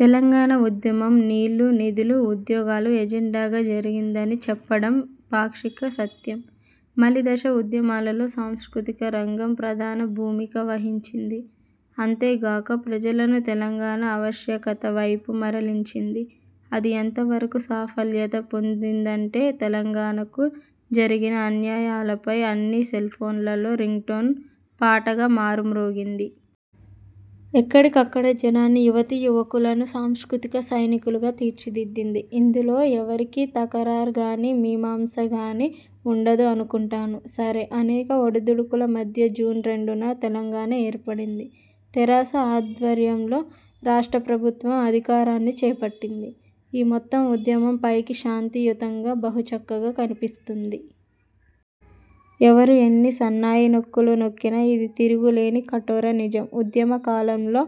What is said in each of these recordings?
తెలంగాణ ఉద్యమం నీళ్లు, నిధులు, ఉద్యోగాలు ఎజెండా గా జరిగిందని చెప్పడం పాక్షిక సత్యం. మలి దశ ఉద్యమాలలో సాంస్కృతిక రంగం ప్రధాన భూమిక వహించింది. అంతే గాక ప్రజలను తెలంగాణ ఆవశ్యకత వైపు మరలించింది. అది ఎంత వరకు సాఫల్యత పొందిందంటే తెలంగాణకు జరిగిన అన్యాయాలపై అన్ని సెల్ఫోన్లలో రింగ్టోన్ పాటగా మారుమ్రోగింది. ఎక్కడి కక్కడ జనాన్ని యువతీ యువకులను సాంస్కృతిక సైనికులుగా తీర్చిదిద్దింది. ఇందులో ఎవరికీ 'తకరార్' గానీ మీమాంస కానీ వుండదు అనుకుంటాను. సరే! అనేక ఒడి దొడుకుల మధ్య జూన్ రెండున తెలంగాణ ఏర్ప డింది. తెరాస ఆధ్వర్యంలో రాష్ట్ర ప్రభుత్వం అధికారాన్ని చేపట్టింది. ఈ మొత్తం ఉద్యమం పైకి శాంతి యుతంగా బహు చక్కగా కనిపిస్తుంది. ఎవరు ఎన్ని సన్నాయి నొక్కులు నొక్కినా ఇది తిరుగులేని కఠోర నిజం. ఉద్యమ కాలంలో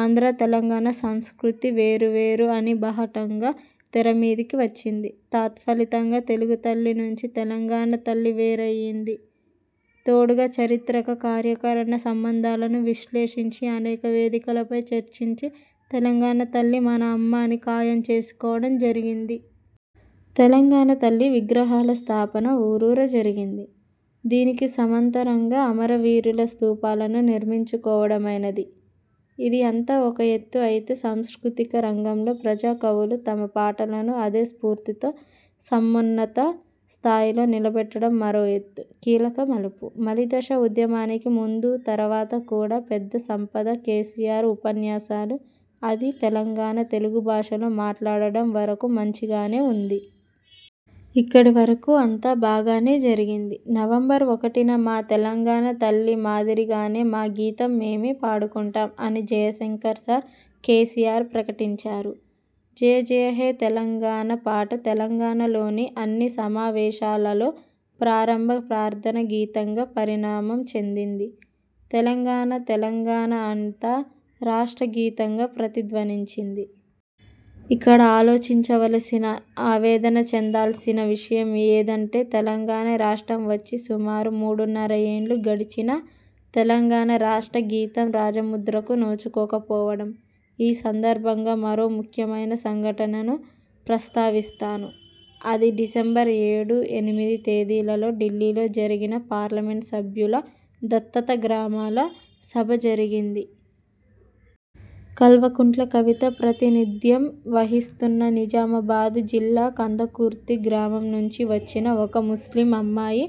ఆంధ్ర తెలంగాణ సంస్కృతి వేరువేరు అని బాహటంగా తెర మీదికి వచ్చింది. తత్ఫలితంగా తెలుగు తల్లి నుంచి తెలంగాణ తల్లి వేరు అయ్యింది. తోడుగా చారిత్రక కార్యాకారణ సంబంధాలను విశ్లేషించి అనేక వేదికలపై చర్చించి తెలంగాణ తల్లి మన అమ్మ అని ఖాయం చేసుకోవడం జరిగింది. తెలంగాణ తల్లి విగ్రహాల స్థాపన ఊరూరా జరిగింది. దీనికి సమాంతరంగా అమర వీరుల స్థూపాలను నిర్మించుకోవడమైనది. ఇది అంతా ఒక ఎత్తు అయితే సాంస్కృతిక రంగంలో ప్రజా కవులు తమ పాటలను అదే స్ఫూర్తితో సమున్నత స్థాయిలో నిలబెట్టడం మరో ఎత్తు. కీలక మలుపు. మలిదశ ఉద్యమానికి ముందూ తరువాత కూడా పెద్ద సంపద కేసీఆర్ ఉపన్యాసాలు అదీ తెలంగాణ తెలుగు భాషలో మాట్లాడడం వరకు మంచి గానే వుంది. ఇక్కడి వరకు అంతా బాగానే జరిగింది. నవంబర్ ఒకటిన మా తెలంగాణ తల్లి మాదిరిగానే మా గీతం మేమే పాడుకుంటాం అని జయశంకర్ సార్, కేసీఆర్ ప్రకటించారు. 'జయ జయహే తెలంగాణ' పాట తెలంగాణలోని అన్ని సమావేశాలలో ప్రారంభ ప్రార్థన గీతంగా పరిణామం చెందింది. తెలంగాణ తెలంగాణ అంతా రాష్ట్ర గీతంగా ప్రతిధ్వనించింది. ఇక్కడ ఆలోచించవలసిన, ఆవేదన చెందాల్సిన విషయం ఏదంటే తెలంగాణ రాష్ట్రం వచ్చి సుమారు మూడున్నర ఏండ్లు గడిచినా తెలంగాణ రాష్ట్ర గీతం రాజముద్రకు నోచుకోక పోవడం. ఈ సందర్భంగా మరో ముఖ్యమైన సంఘటనను ప్రస్తావిస్తాను. అది డిసెంబర్ ఏడు, ఎనిమిది తేదీలలో ఢిల్లీలో జరిగిన పార్లమెంట్ సభ్యుల దత్తత గ్రామాల సభ జరిగింది. కల్వకుంట్ల కవిత ప్రాతినిధ్యం వహిస్తున్న నిజామాబాద్ జిల్లా కందకుర్తి గ్రామం నుంచి వచ్చిన ఒక ముస్లిం అమ్మాయి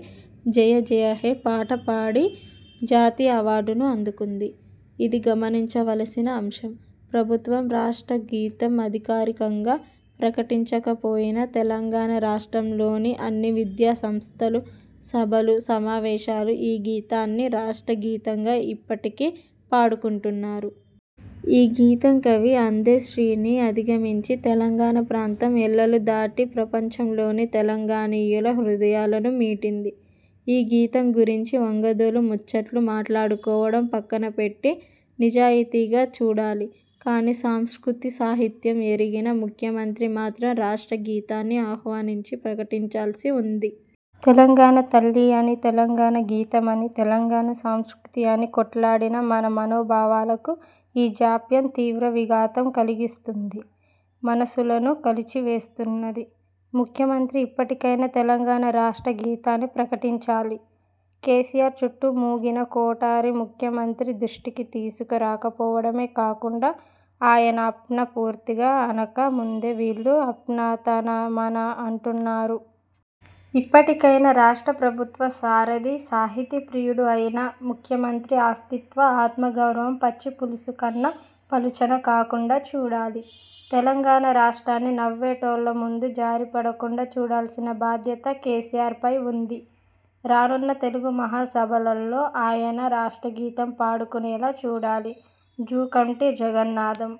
'జయ జయహే' పాట పాడి జాతీయ అవార్డును అందుకుంది. ఇది గమనించవలసిన అంశం. ప్రభుత్వం రాష్ట్ర గీతం అధికారికంగా ప్రకటించకపోయినా తెలంగాణ రాష్ట్రంలోని అన్ని విద్యాసంస్థలు, సభలు, సమావేశాలు ఈ గీతాన్ని రాష్ట్ర గీతంగా ఇప్పటికీ పాడుకుంటున్నారు. ఈ గీతం కవి అందెశ్రీని అధిగమించి తెలంగాణ ప్రాంతం ఎల్లలు దాటి ప్రపంచంలోని తెలంగాణీయుల హృదయాలను మీటింది. ఈ గీతం గురించి 'వంగదోలు' ముచ్చట్లు మాట్లాడు కోవడం పక్కనపెట్టి నిజాయితీగా చూడాలి. కానీ సంస్కృతి సాహిత్యం ఎరిగిన ముఖ్యమంత్రి మాత్రం రాష్ట్ర గీతాన్ని ఆహ్వానించి ప్రకటించాల్సి వుంది. తెలంగాణ తల్లి అని, తెలంగాణ గీతం అని, తెలంగాణ సంస్కృతి అని కొట్లాడిన మన మనోభావాలకు ఈ జాప్యం తీవ్ర విఘాతం కలిగిస్తుంది, మనసులను కలిచివేస్తున్నది. ముఖ్యమంత్రి ఇప్పటికైనా తెలంగాణ రాష్ట్ర గీతాన్ని ప్రకటించాలి. కేసీఆర్ చుట్టూ మూగిన 'కోటరీ' ముఖ్యమంత్రి దృష్టికి తీసుకు రాకపోవడమే కాకుండా ఆయన 'అప్నా' పూర్తిగా అనక ముందే వీళ్లు 'అప్నా తనా మనా' అంటున్నారు. ఇప్పటికైనా రాష్ట్ర ప్రభుత్వ సారథి, సాహితీ ప్రియుడు అయిన ముఖ్యమంత్రి అస్తిత్వ ఆత్మ గౌరవం పచ్చిపులుసు కన్నా పలుచన కాకుండా చూడాలి. తెలంగాణ రాష్ట్రాన్ని 'నవ్వేటోల్ల ముందు జారిపడకుండా' చూడాల్సిన బాధ్యత కేసీఆర్పై వుంది. రానున్న తెలుగు మహాసభలలో అయినా రాష్ట్రగీతం పాడుకునేలా చూడాలి. జూకంటి జగన్నాథం